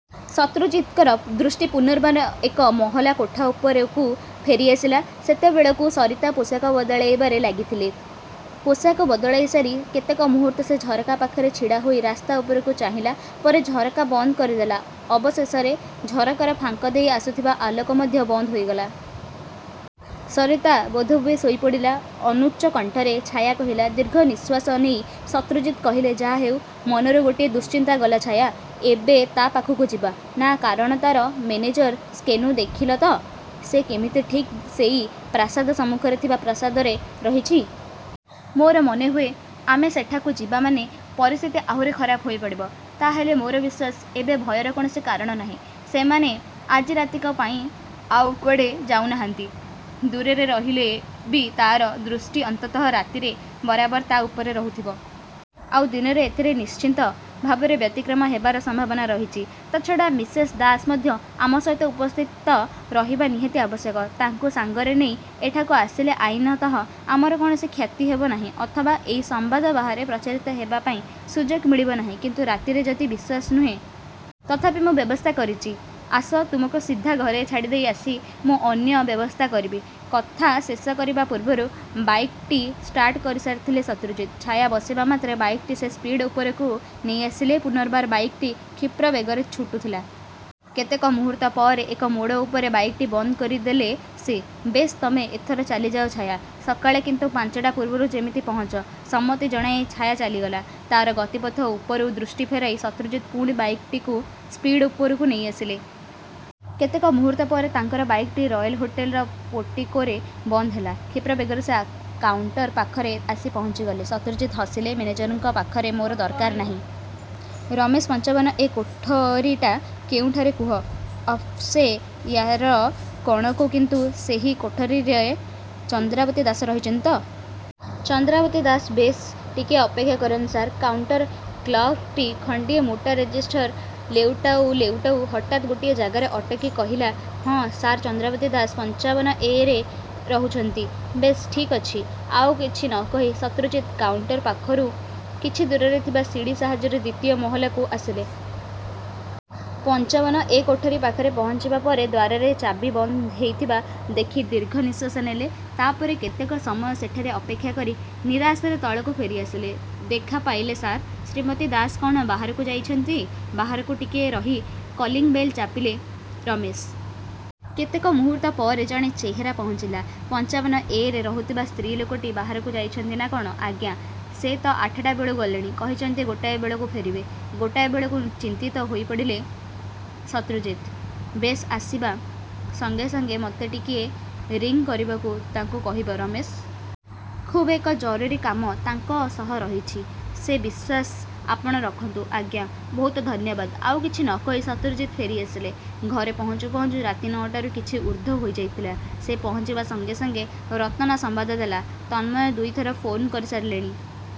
ଶତ୍ରୁଜିତଙ୍କର ଦୃଷ୍ଟି ପୁନର୍ବାର ଏକମହଲା କୋଠା ଉପରକୁ ଫେରିଆସିଲା। ସେତେବେଳକୁ ସରିତା ପୋଷାକ ବଦଳାଇବାରେ ଲାଗିଥିଲେ। ପୋଷାକ ବଦଳାଇ ସାରି କେତେକ ମୁହୂର୍ତ୍ତ ସେ ଝରକା ପାଖରେ ଛିଡ଼ା ହୋଇ ରାସ୍ତା ଉପରକୁ ଚାହିଁଲା। ପରେ ଝରକା ବନ୍ଦ କରିଦେଲା। ଅବଶେଷରେ ଝରକାର ଫାଙ୍କ ଦେଇ ଆସୁଥିବା ଆଲୋକ ମଧ୍ୟ ବନ୍ଦ ହୋଇଗଲା। ସରିତା ବୋଧହୁଏ ଶୋଇପଡ଼ିଲା। ଅନୁଚ୍ଚ କଣ୍ଠରେ ଛାୟା କହିଲା। ଦୀର୍ଘନିଶ୍ୱାସ ନେଇ ଶତ୍ରୁଜିତ୍ କହିଲେ,"ଯାହାହେଉ ମନରୁ ଗୋଟିଏ ଦୁଶ୍ଚିନ୍ତା ଗଲା, ଛାୟା! ଏବେ ତା' ପାଖକୁ ଯିବା? ନା କାରଣ ତା'ର ମେନେଜର ସ୍କେନୁ ଦେଖିଲ ତ! ସେ କେମିତି ଠିକ୍ ସେଇ ପ୍ରାସାଦ ସମ୍ମୁଖରେ ଥିବା ପ୍ରାସାଦରେ ରହିଛି। ମୋର ମନେହୁଏ ଆମେ ସେଠାକୁ ଯିବା ମାନେ ପରିସ୍ଥିତି ଆହୁରି ଖରାପ ହୋଇପଡ଼ିବ। ତା'ହେଲେ ମୋର ବିଶ୍ୱାସ, ଏବେ ଭୟର କୌଣସି କାରଣ ନାହିଁ। ସେମାନେ ଆଜି ରାତିକ ପାଇଁ ଆଉ କୁଆଡ଼େ ଯାଉନାହାନ୍ତି। ଦୂରରେ ରହିଲେ ବି ତା'ର ଦୃଷ୍ଟି ଅନ୍ତତଃ ରାତିରେ ବରାବର ତା' ଉପରେ ରହୁଥିବ। ଆଉ ଦିନରେ ଏଥିରେ ନିଶ୍ଚିତ ଭାବରେ ବ୍ୟତିକ୍ରମ ହେବାର ସମ୍ଭାବନା ରହିଛି, ତା' ଛଡ଼ା ମିସେସ୍ ଦାସ ମଧ୍ୟ ଆମ ସହିତ ଉପସ୍ଥିତ ରହିବା ନିହାତି ଆବଶ୍ୟକ। ତାଙ୍କୁ ସାଙ୍ଗରେ ନେଇ ଏଠାକୁ ଆସିଲେ ଆଇନତଃ ଆମର କୌଣସି କ୍ଷତି ହେବ ନାହିଁ। ଅଥବା ଏଇ ସମ୍ୱାଦ ବାହାରେ ପ୍ରଚାରିତ ହେବା ପାଇଁ ସୁଯୋଗ ମିଳିବ ନାହିଁ କିନ୍ତୁ ରାତିରେ ଯଦି ବିଶ୍ୱାସ ନୁହେଁ। ତଥାପି ମୁଁ ବ୍ୟବସ୍ଥା କରିଚି। ଆସ, ତୁମକୁ ସିଧା ଘରେ ଛାଡ଼ିଦେଇ ଆସି ମୁଁ ଅନ୍ୟ ବ୍ୟବସ୍ଥା କରିବି। କଥା ଶେଷ କରିବା ପୂର୍ବରୁ ବାଇକ୍ଟି ଷ୍ଟାର୍ଟ କରିସାରିଥିଲେ ଶତ୍ରୁଜିତ୍। ଛାୟା ବସିବା ମାତ୍ରେ ବାଇକ୍ଟି ସେ ସ୍ପିଡ୍ ଉପରକୁ ନେଇଆସିଲେ। ପୂନର୍ବାର ବାଇକ୍ଟି କ୍ଷିପ୍ରବେଗରେ ଛୁଟୁଥିଲା। କେତେକ ମୁହୂର୍ତ୍ତପରେ ଏକ ମୋଡ଼ ଉପରେ ବାଇକ୍ଟି ବନ୍ଦ କରି ଦେଲେ ସେ। ବେଶ୍, ତମେ ଏଥର ଚାଲିଯାଅ, ଛାୟା! ସକାଳେ କିନ୍ତୁ ପାଞ୍ଚଟା ପୂର୍ବରୁ ଯେମିତି ପହଞ୍ଚ। ସମ୍ମତି ଜଣାଇ ଛାୟା ଚାଲିଗଲା। ତା'ର ଗତିପଥ ଉପରୁ ଦୃଷ୍ଟି ଫେରାଇ ଶତ୍ରୁଜିତ୍ ପୁଣି ବାଇକ୍ଟିକୁ ସ୍ପିଡ୍ ଉପରକୁ ନେଇଆସିଲେ। କେତେକ ମୁହୂର୍ତ୍ତପରେ ତାଙ୍କର ବାଇକ୍ଟି ରୟେଲ୍ ହୋଟେଲର ପୋର୍ଟିକୋରେ ବନ୍ଦ ହେଲା। କ୍ଷିପ୍ରବେଗରେ ସେ କାଉଣ୍ଟର ପାଖରେ ଆସି ପହଞ୍ଚିଗଲେ। ଶତ୍ରୁଜିତ୍ ହସିଲେ ମେନେଜରଙ୍କ ପାଖରେ ମୋର ଦରକାର ନାହିଁ, ରମେଶ, ପଂଚାବନ'ଏ' କୋଠରିଟା କେଉଁଠାରେ କୁହ? ଅପ୍ସେୟାର କଣକୁ କିନ୍ତୁ ସେହି କୋଠରିରେ ଚନ୍ଦ୍ରାବତୀ ଦାସ ରହିଛନ୍ତି ତ? ଚନ୍ଦ୍ରାବତୀ ଦାସ ବେଶ୍, ଟିକିଏ ଅପେକ୍ଷା କରନ୍ତୁ ସାର୍! କାଉଣ୍ଟର କ୍ଲର୍କଟି ଖଣ୍ତିଏ ମୋଟା ରେଜିଷ୍ଟର ଲେଉଟାଉ ଲେଉଟାଉ ହଠାତ୍ ଗୋଟିଏ ଜାଗାରେ ଅଟକି କହିଲା ହଁ, ସାର୍, ଚନ୍ଦ୍ରାବତୀ ଦାସ ପଂଚାବନ'ଏ' ରେ ରହୁଛନ୍ତି। ବେଶ୍, ଠିକ୍ଅଛି। ଆଉ କିଛି ନ କହି ଶତ୍ରୁଜିତ୍ କାଉଣ୍ଟର ପାଖରୁ କିଛି ଦୂରରେ ଥିବା ସିଡ଼ି ସାହାର୍ଯ୍ୟରେ ଦ୍ୱିତୀୟ ମହଲାକୁ ଆସିଲେ। ପଂଚାବନ 'ଏ' କୋଠରି ପାଖରେ ପହଞ୍ଚିବା ପରେ, ଦ୍ୱାରରେ ଚାବି ବନ୍ଦ ହେଇଥିବା ଦେଖି ଦୀର୍ଘ ନିଶ୍ୱାସ ନେଲେ। ତା ପରେ କେତେକ ସମୟ ସେଠାରେ ଅପେକ୍ଷା କରି ନିରାଶରେ ତଳକୁ ଫେରିଆସିଲେ। ଦେଖା ପାଇଲେ, ସାର୍? ଶ୍ରୀମତୀ ଦାସ କଣ ବାହାରକୁ ଯାଇଛନ୍ତି? ବାହାରକୁ ଟିକିଏ ରହି, କଲିଂବେଲ୍ ଚାପିଲେ ରମେଶ। କେତେକ ମୁହୂର୍ତ୍ତ ପରେ ଜଣେ ଚେହେରା ପହଞ୍ଚିଲା। ପଂଚାବନ'ଏ' ରେ ରହୁଥିବା ସ୍ତ୍ରୀ ଲୋକଟି ବାହାରକୁ ଯାଇଛନ୍ତି ନା କଣ? ' ଆଜ୍ଞା, ସେ ତ ଆଠଟା ବେଳୁ ଗଲେଣି। କହିଛନ୍ତି ଗୋଟାଏ ବେଳକୁ ଫେରିବେ। ଗୋଟାଏ ବେଳକୁ ଚିନ୍ତିତ ହୋଇପଡ଼ିଲେ ଶତ୍ରୁଜିତ୍। ବେଶ୍, ଆସିବା ସଙ୍ଗେ ସଙ୍ଗେ ମୋତେ ଟିକିଏ ରିଂ କରିବାକୁ ତାଙ୍କୁ କହିବ, ରମେଶ! ଖୁବ୍ ଏକ ଜରୁରୀ କାମ ତାଙ୍କ ସହ ରହିଛି। ସେ ବିଶ୍ୱାସ ଆପଣ ରଖନ୍ତୁ, ଆଜ୍ଞା! ବହୁତ ଧନ୍ୟବାଦ। ଆଉ କିଛି ନ କହି ଶତ୍ରୁଜିତ୍ ଫେରିଆସିଲେ। ଘରେ ପହଞ୍ଚୁ ପହଞ୍ଚୁ ରାତି ନଅଟାରୁ କିଛି ଊର୍ଦ୍ଧ୍ୱ ହୋଇଯାଇଥିଲା। ସେ ପହଞ୍ଚିବା ସଙ୍ଗେ ସଙ୍ଗେ ରତନା ସମ୍ବାଦ ଦେଲା, ତନ୍ମୟ ଦୁଇଥର ଫୋନ୍ କରିସାରିଲେଣି।